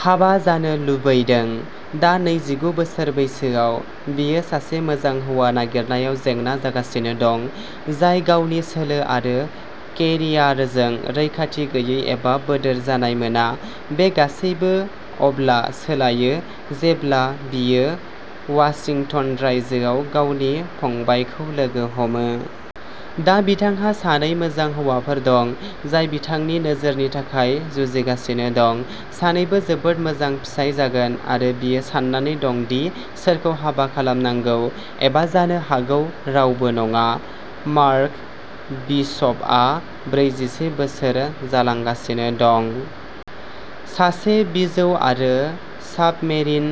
हाबा जानो लुबैदों। दा नैजिगु बोसोर बैसोआव बियो सासे मोजां हौवा नागिरनायाव जेंना जागासिनो दं, जाय गावनि सोलो आरो केरियारजों रैखाथि गैयै एबा बोदोर जानाय मोना। बे गासैबो अब्ला सोलायो जेब्ला बियो वाशिंटन रायजोआव गावनि फंबायखौ लोगो हमो। दा बिथांहा सानै मोजां हौवाफोर दं, जाय बिथांनि नोजोरनि थाखाय जुजिगासिनो दं। सानैबो जोबोद मोजां फिसाय जागोन, आरो बियो सान्नानै दं दि सोरखौ हाबा खालामनांगौ, एबा जानो हागौ रावबो नङा। मार्क बिशपआ ब्रैजिसे बोसोर जालांगासिनो दं। सासे बिजौ आरो साबमेरिन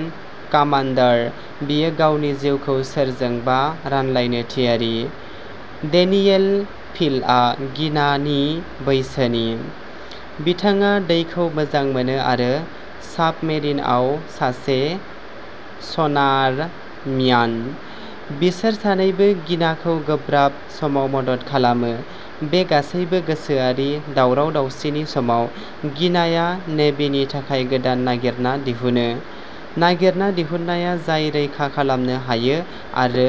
कामान्डार, बियो गावनि जिउखौ सोरजोंबा रानलायनो थियारि। डेनियेल फील्डआ गिनानि बैसोनि। बिथाङा दैखौ मोजां मोनो आरो साबमेरिनआव सासे सनारम्यान। बिसोर सानैबो गिनाखौ गोब्राब समाव मदद खालामो। बे गासैबो गोसोआरि दावराव-दावसिनि समाव, गिनाया नेभिनि थाखाय गोदान नागिरना दिहुनो; नागिरना दिहुननाया जाय रैखा खालामनो हायो आरो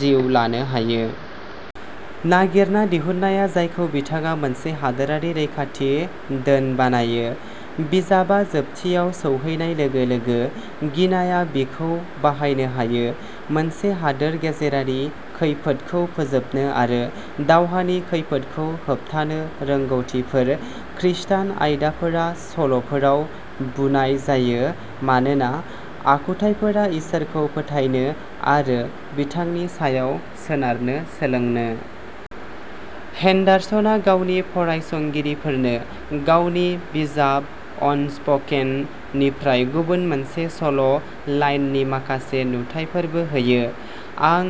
जिउ लानो हायो। नागिरना दिहुननाया जायखौ बिथाङा मोनसे हादोरारि रैखाथि धोन बानायो। बिजाबआ जोबथियाव सौहैनाय लोगो लोगो, गिनाया बिखौ बाहायनो हायो। मोनसे हादोर गेजेरारि खैफोदखौ फोजोबनो आरो दावहानि खैफोदखौ होबथानो रोंग'थिफोर। खृस्टान आयदाफोरा सल'फोराव बुनाय जायो मानोना आखुथाइफोरा इसोरखौ फोथायनो आरो बिथांनि सायाव सोनारनो सोलोंनो। हेन्डारसनआ गावनि फरायसंगिरिफोरनो गावनि बिजाब अनस्प'केन निफ्राय गुबुन मोनसे सल' लाइननि माखासे नुथाइफोरबो होयो। आं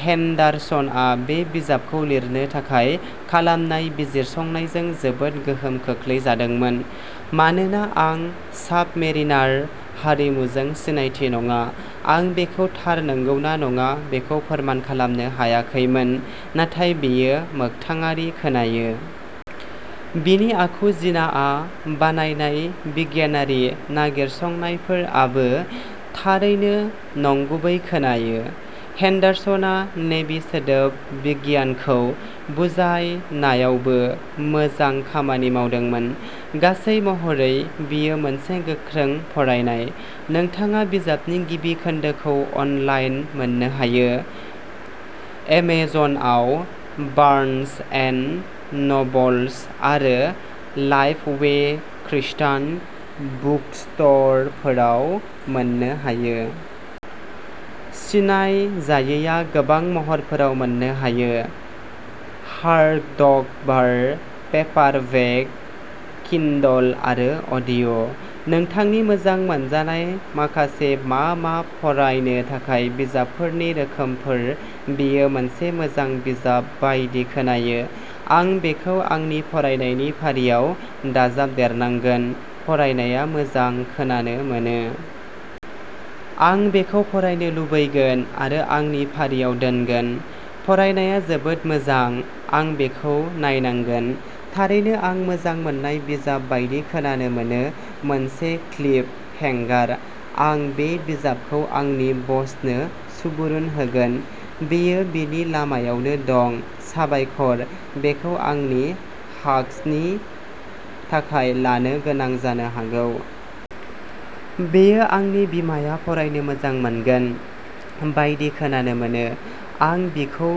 हेन्डारसनआ बे बिजाबखौ लिरनो थाखाय खालामनाय बिजिरसंनायजों जोबोद गोहोम खोख्लैजादोंमोन। मानोना आं साबमेरिनार हारिमुजों सिनायथि नङा, आं बेखौ थार नंगौना नङा बेखौ फोरमान खालामनो हायाखैमोन, नाथाय बेयो मोगथाङारि खोनायो। बिनि आखु जिनाआ बानायनाय बिगियानारि नागिरसंनायफोर आबो थारैनो नंगुबै खोनायो। हेन्डारसनआ नेभि सोदोबबिगियानखौ बुजायनायावबो मोजां खामानि मावदोंमोन। गासै महरै, बेयो मोनसे गोख्रों फरायनाय। नोंथाङा बिजाबनि गिबि खोन्दोखौ अनलाइन मोननो हायो। एमेजनआव, बार्न्स एन्ड न'बल्स आरो लाइफवे खृस्टान बुकस्ट'रफोराव मोननो हायो। सिनायजायैआ गोबां महरफोराव मोननो हायो। हार्डकभार, पेपारबेक, किन्डल आरो अडिय'। नोंथांनि मोजां मोनजानाय माखासे मा मा फरायनो थाखाय बिजाबफोरनि रोखोमफोर बेयो मोनसे मोजां बिजाब बायदि खोनायो। आं बेखौ आंनि फरायनायनि फारियाव दाजाबदेरनांगोन। फरायनाया मोजां खोनानो मोनो। आं बेखौ फरायनो लुबैगोन आरो आंनि फारियाव दोनगोन। फरायनाया जोबोद मोजां। आं बेखौ नायनांगोन। थारैनो आं मोजां मोन्नाय बिजाब बायदि खोनानो मोनो मोनसे क्लिफ हेंगार, आं बे बिजाबखौ आंनि बसनो सुबुरुन होगोन, बेयो बिनि लामायावनो दं साबायखर, बेखौ आंनि हाब्सनि थाखाय लानो गोनां जानो हागौ। बेयो आंनि बिमाया फरायनो मोजां मोनगोन बायदि खोनानो मोनो। आं बिखौ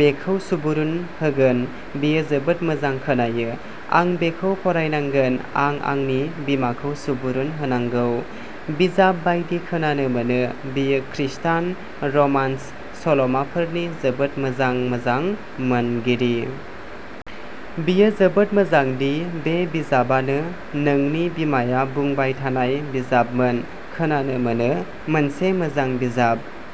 बेखौ सुबुरुन होगोन बेयो जोबोद मोजां खोनायो। आं बेखौ फरायनांगोन आं आंनि बिमाखौ सुबुरुन होनांगौ बिजाब बायदि खोनानो मोनो। बियो खृस्टान रमान्स सल'माफोरनि जोबोद मोजां मोजां मोनगिरि। बेयो जोबोद मोजां दि बे बिजाबानो नोंनि बिमाया बुंबाय थानाय बिजाबमोन खोनानो मोनो मोनसे मोजां बिजाब।